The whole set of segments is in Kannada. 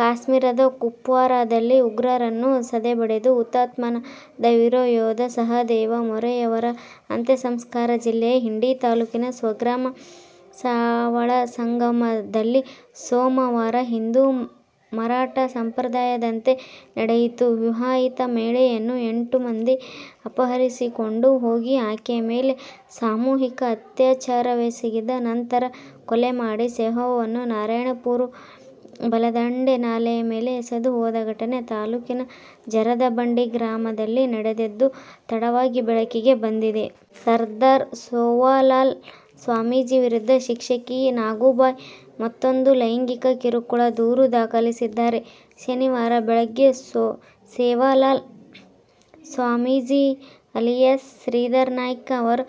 ಕಾಶ್ಮೀರದ ಕುಪ್ವಾರಾದಲ್ಲಿ ಉಗ್ರರನ್ನು ಸದೆಬಡಿದು ಹುತಾತ್ಮನಾದ ವೀರಯೋಧ ಸಹದೇವ ಮೋರೆಯವರ ಅಂತ್ಯಸಂಸ್ಕಾರ ಜಿಲ್ಲೆಯ ಇಂಡಿ ತಾಲೂಕಿನ ಸ್ವಗ್ರಾಮ ಸಾವಳಸಂಗದಲ್ಲಿ ಸೋಮವಾರ ಹಿಂದೂ ಮರಾಠ ಸಂಪ್ರದಾಯದಂತೆ ನಡೆಯಿತು. ವಿವಾಹಿತ ಮಹಿಳೆಯನ್ನು ಎಂಟು ಮಂದಿ ಅಪಹರಿಸಿಕೊಂಡು ಹೋಗಿ ಆಕೆಯ ಮೇಲೆ ಸಾಮೂಹಿಕ ಅತ್ಯಾಚಾರವೆಸಗಿದ ನಂತರ ಕೊಲೆ ಮಾಡಿ ಶವವನ್ನು ನಾರಾಯಣಪುರ ಬಲದಂಡೆ ನಾಲೆಯ ಮೇಲೆ ಎಸೆದು ಹೋದ ಘಟನೆ ತಾಲೂಕಿನ ಜರದಬಂಡಿ ಗ್ರಾಮದಲ್ಲಿ ನಡೆದಿದ್ದು, ತಡವಾಗಿ ಬೆಳಕಿಗೆ ಬಂದಿದೆ. ಸರ್ದಾರ್ ಸೇವಾಲಾಲ್ ಸ್ವಾಮೀಜಿ ವಿರುದ್ಧ ಶಿಕ್ಷಕಿ ನಾಗುಬಾಯಿ ಮತ್ತೂಂದು ಲೈಂಗಿಕ ಕಿರುಕುಳ ದೂರು ದಾಖಲಿಸಿದ್ದಾರೆ. ಶನಿವಾರ ಬೆಳಗ್ಗೆ ಸೇವಾಲಾಲ್ ಸ್ವಾಮೀಜಿ ಅಲಿಯಾಸ್ ಶ್ರೀಧರ ನಾಯ್ಕ ಅವರು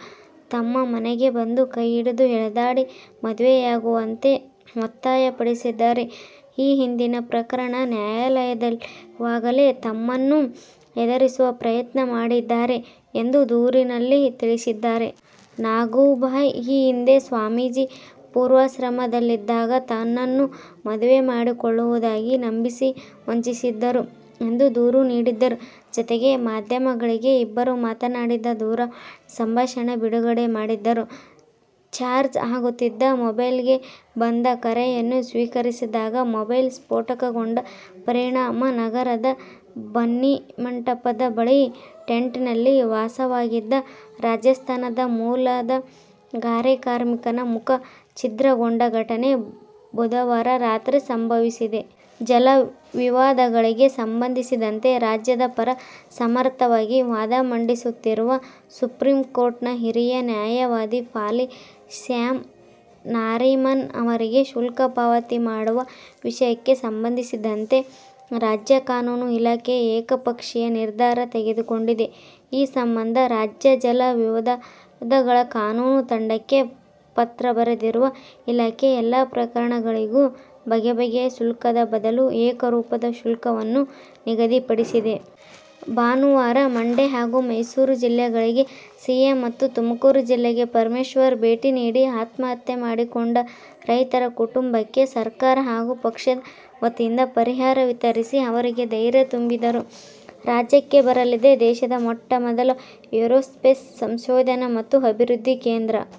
ತಮ್ಮ ಮನೆಗೆ ಬಂದು ಕೈ ಹಿಡಿದು ಎಳೆದಾಡಿ, ಮದುವೆಯಾಗುವಂತೆ ಒತ್ತಾಯಪಡಿಸಿದ್ದಾರೆ. ಈ ಹಿಂದಿನ ಪ್ರಕರಣ ನ್ಯಾಯಾಲಯದಲ್ಲಿರುವಾಗಲೇ ತಮ್ಮನ್ನು ಹೆದರಿಸುವ ಪ್ರಯತ್ನ ಮಾಡಿದ್ದಾರೆ ಎಂದು ದೂರಿನಲ್ಲಿ ತಿಳಿಸಿದ್ದಾರೆ. ನಾಗುಬಾಯಿ ಈ ಹಿಂದೆ ಸ್ವಾಮೀಜಿ ಪೂರ್ವಾಶ್ರಮದಲ್ಲಿದ್ದಾಗ ತನ್ನನ್ನು ಮದುವೆ ಮಾಡಿಕೊಳ್ಳುವುದಾಗಿ ನಂಬಿಸಿ, ವಂಚಿಸಿದ್ದರು ಎಂದು ದೂರು ನೀಡಿದ್ದರು. ಜತೆಗೆ ಮಾಧ್ಯಮಗಳಿಗೆ ಇಬ್ಬರೂ ಮಾತನಾಡಿದ ದೂರವಾಣಿ ಸಂಭಾಷಣೆ ಬಿಡುಗಡೆ ಮಾಡಿದ್ದರು. ಚಾರ್ಜ್ ಆಗುತ್ತಿದ್ದ ಮೊಬೈಲ್ಗೆ ಬಂದ ಕರೆಯನ್ನು ಸ್ವೀಕರಿಸಿದಾಗ ಮೊಬೈಲ್ ಸ್ಫೋಟಗೊಂಡ ಪರಿಣಾಮ ನಗರದ ಬನ್ನಿಮಂಟಪದ ಬಳಿ ಟೆಂಟ್ನಲ್ಲಿ ವಾಸವಾಗಿದ್ದ ರಾಜಸ್ಥಾನ ಮೂಲದ ಗಾರೆ ಕಾರ್ಮಿಕನ ಮುಖ ಛಿದ್ರಗೊಂಡ ಘಟನೆ ಬುಧವಾರ ರಾತ್ರಿ ಸಂಭವಿಸಿದೆ. ಜಲ ವಿವಾದಗಳಿಗೆ ಸಂಬಂಧಿಸಿದಂತೆ ರಾಜ್ಯದ ಪರ ಸಮರ್ಥವಾಗಿ ವಾದ ಮಂಡಿಸುತ್ತಿರುವ ಸುಪ್ರೀಂಕೋರ್ಟ್ನ ಹಿರಿಯ ನ್ಯಾಯವಾದಿ ಫಾಲಿ ಸ್ಯಾಮ್ ನಾರಿಮನ್ ಅವರಿಗೆ ಶುಲ್ಕ ಪಾವತಿ ಮಾಡುವ ವಿಷಯಕ್ಕೆ ಸಂಬಂಧಿಸಿದಂತೆ ರಾಜ್ಯ ಕಾನೂನು ಇಲಾಖೆ ಏಕಪಕ್ಷೀಯ ನಿರ್ಧಾರ ತೆಗೆದುಕೊಂಡಿದೆ. ಈ ಸಂಬಂಧ ರಾಜ್ಯ ಜಲ ವಿವಾದಗಳ ಕಾನೂನು ತಂಡಕ್ಕೆ ಪತ್ರ ಬರೆದಿರುವ ಇಲಾಖೆ, ಎಲ್ಲ ಪ್ರಕರಣಗಳಿಗೂ ಬಗೆಬಗೆಯ ಶುಲ್ಕದ ಬದಲು ಏಕರೂಪದ ಶುಲ್ಕವನ್ನು ನಿಗದಿಪಡಿಸಿದೆ. ಭಾನುವಾರ ಮಂಡ್ಯ ಹಾಗೂ ಮೈಸೂರು ಜಿಲ್ಲೆಗಳಿಗೆ ಸಿಎಂ ಮತ್ತು ತುಮಕೂರು ಜಿಲ್ಲೆಗೆ ಪರಮೇಶ್ವರ್ ಭೇಟಿ ನೀಡಿ, ಆತ್ಮಹತ್ಯೆ ಮಾಡಿಕೊಂಡ ರೈತ ಕುಟುಂಬಕ್ಕೆ ಸರ್ಕಾರ ಹಾಗೂ ಪಕ್ಷದ ವತಿಯಿಂದ ಪರಿಹಾರ ವಿತರಿಸಿ, ಅವರಿಗೆ ಧೈರ್ಯ ತುಂಬಿದರು. ರಾಜ್ಯಕ್ಕೆ ಬರಲಿದೆ ದೇಶದ ಮೊಟ್ಟ ಮೊದಲ ಏರೋಸ್ಪೇಸ್ ಸಂಶೋಧನಾ ಮತ್ತು ಅಭಿವೃದ್ಧಿ ಕೇಂದ್ರ.